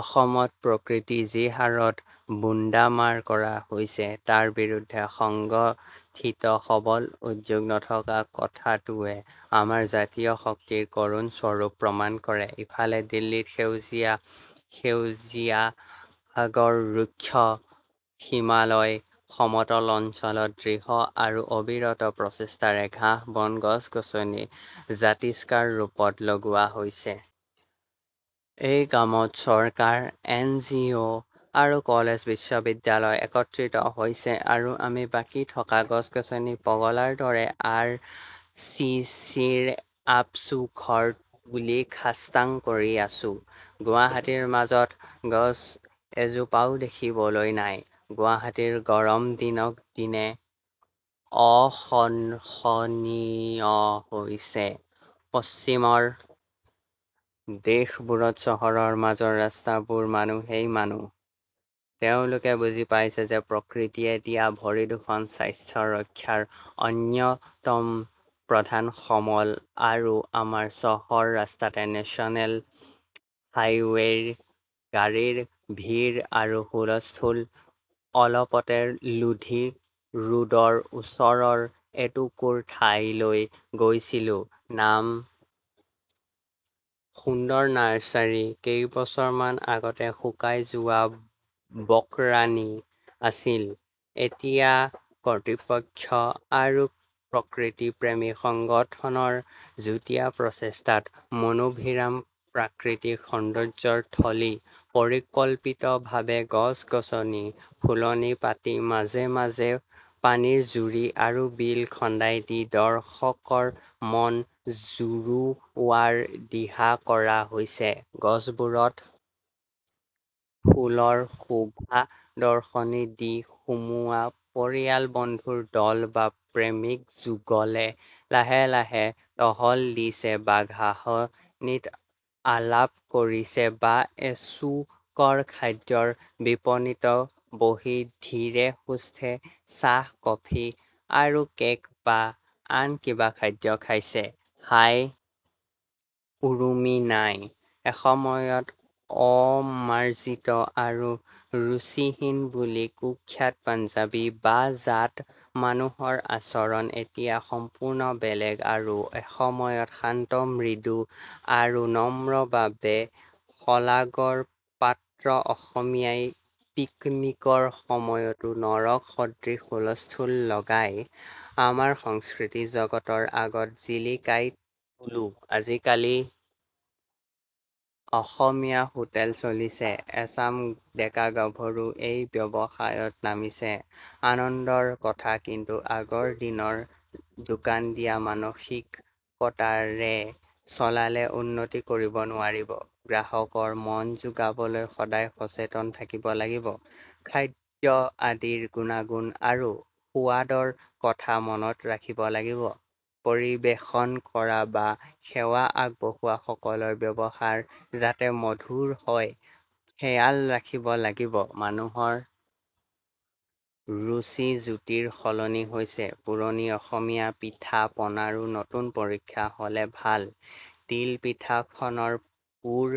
অসমত প্ৰকৃতি যি হাৰত বুন্দামাৰ কৰা হৈছে তাৰ বিৰুদ্ধে সংগঠিত সবল উদ্যোগ নথকা কথাটোৱে আমাৰ জাতীয় শক্তিৰ কৰুণ স্বৰূপ প্ৰমাণ কৰে। ইফালে দিল্লীত সেউজীয়াই সেউজীয়া আগৰ ৰুক্ষ শিলাময় সমতল অঞ্চলত দৃঢ় আৰু অবিৰত প্ৰচেষ্টাৰে ঘাঁহ-বন গছ-গছনি জাতিষ্কাৰ ৰূপত লগোৱা হৈছে। এই কামত চৰকাৰ এন জি অ আৰু কলেজ বিশ্ববিদ্যালয় একত্ৰিত হৈছে আৰু আমি বাকী থকা গছ-গছনি পগলাৰ দৰে আৰ চি চিৰ আপচু ঘৰ তুলি খাস্তাং কৰি আছোঁ। গুৱাহাটীৰ মাজত গছ এজোপাও দেখিবলৈ নাই। গুৱাহাটীৰ গৰম দিনক দিনে অসহনীয় হৈছে। পশ্চিমৰ দেশবোৰত চহৰৰ মাজৰ ৰাস্তাবোৰত মানুহেই মানুহ। তেওঁলোকে বুজি পাইছে যে প্ৰকৃতিয়ে দিয়া ভৰি দুখন স্বাস্থ্য ৰক্ষাৰ অন্যতম প্ৰধান সমল আৰু আমাৰ চহৰৰ ৰাস্তাতে নেশ্যনেল হাইৱেইৰ গাড়ীৰ ভিৰ আৰু হুল-স্থুল অলপতে লোধী ৰোডৰ ওচৰৰ এটুকুৰ ঠাইলৈ গৈছিলো। নাম সুন্দৰ নাৰ্ছাৰি কেইবছৰমান আগতে শুকাই যোৱা বকৰাণি আছিল। এতিয়া কৰ্তৃপক্ষ আৰু প্ৰকৃতিপ্ৰেমী সংগঠনৰ যুটিয়া প্ৰচেষ্টাত মনোভিৰাম প্ৰাকৃতিক সৌন্দৰ্যৰ থলি পৰিকল্পিতভাবে গছ-গছনি ফুলনি পাতি মাজে মাজে পানীৰ জুৰি আৰু বিল খন্দাই দি দৰ্শকৰ মন জুৰোৱাৰ দিহা কৰা হৈছে। গছবোৰত ফুলৰ শোভাদৰ্শনী দি সোমোৱা পৰিয়াল বন্ধুৰ দল বা প্ৰেমিক যুগলে লাহে লাহে টহল দিছে বা ঘাঁহনিত আলাপ কৰিছে বা এচুকৰ খাদ্যৰ বিপণিত বহি ধীৰে সুস্থে চাহ-কফি আৰু কেক বা আন কিবা খাদ্য খাইছে। হাই উৰুমি নাই। এসময়ত অমাৰ্জিত আৰু ৰুচিহীন বুলি কুখ্যাত পাঞ্জাবী বা জাট মানুহৰ আচৰণ এতিয়া সম্পূৰ্ণ বেলেগ আৰু এসময়ত শান্ত মৃদু আৰু নম্ৰ বাবে শলাগৰ পাত্ৰ অসমীয়াই পিকনিকৰ সময়তো নৰক সদৃশ হুলস্থুল লগাই আমাৰ সংস্কৃতি জগতৰ আগত জিলিকাই তোলো। আজিকালি অসমীয়া হোটেল চলিছে। এচাম ডেকাগাভৰু এই ব্যৱসায়ত নামিছে। আনন্দৰ কথা কিন্তু আগৰ দিনৰ দোকান দিয়া মানসিকতাৰে চলালে উন্নতি কৰিব নোৱাৰিব। গ্ৰাহকৰ মন যোগাবলৈ সদায় সচেতন থাকিব লাগিব। খাদ্য আদিৰ গুণা-গুণ আৰু সোৱাদৰ কথা মনত ৰাখিব লাগিব। পৰিবেশন কৰা বা সেৱা আগবঢ়োৱা সকলৰ ব্যৱহাৰ যাতে মধুৰ হয় খেয়াল ৰাখিব লাগিব ।মানুহৰ ৰুচি জুতিৰ সলনি হৈছে। পুৰণি অসমীয়া পিঠা-পনাৰো নতুন পৰীক্ষা হ'লে ভাল ।তিলপিঠা খনৰ পুৰ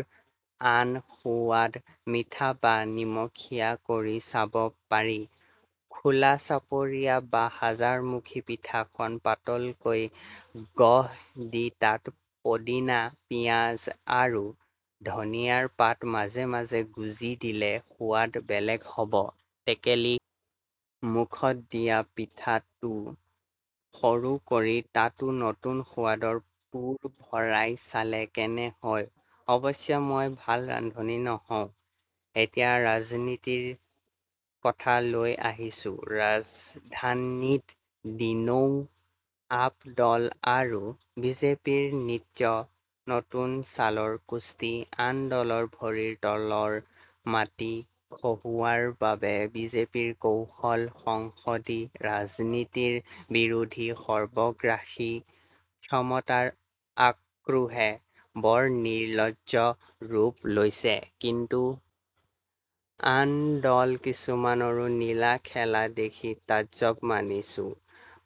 আন সোৱাদ মিঠা বা নিমখীয়া কৰি চাব পাৰি। খোলা চাপৰিয়া বা হাজাৰ মুখী পিঠাখন পাতলকৈ গঢ় দি তাত পদিনা পিয়াজ আৰু ধনিয়াৰ পাত মাজে মাজে গুজি দিলে সোৱাদ বেলেগ হ'ব। টেকেলি মুখত দিয়া পিঠাটো সৰু কৰি তাতো নতুন সোৱাদৰ পুৰ ভৰাই চালে কেনে হয়? অৱশ্যে মই ভাল ৰান্ধনী নহওঁ। এতিয়া ৰাজনীতিৰ কথা লৈ আহিছোঁ। ৰাজধানীত দিনৌ আপ দল আৰু বিজেপিৰ নিত্য নতুন চালৰ কুস্তি আন দলৰ ভৰিৰ তলৰ মাটি খহোৱাৰ বাবে বিজেপিৰ কৌশল সংসদী ৰাজনীতিৰ বিৰোধী সৰ্বগ্ৰাসী ক্ষমতাৰ আক্ৰোহে বৰ নিৰ্লজ্জ ৰূপ লৈছে। কিন্তু আন দল কিছুমানৰো লীলা-খেলা দেখি তাজ্জব মানিছো।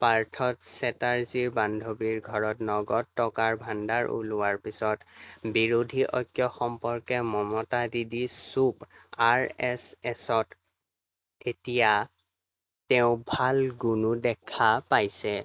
পাৰ্থ চেটাৰ্জীৰ বান্ধবীৰ ঘৰত নগদ টকাৰ ভাণ্ডাৰ ওলোৱাৰ পিছত বিৰোধী ঐক্য সম্পৰ্কে মমতা দিদি চুপ আৰ এছ এছত এতিয়া তেওঁ ভাল গুণো দেখা পাইছে।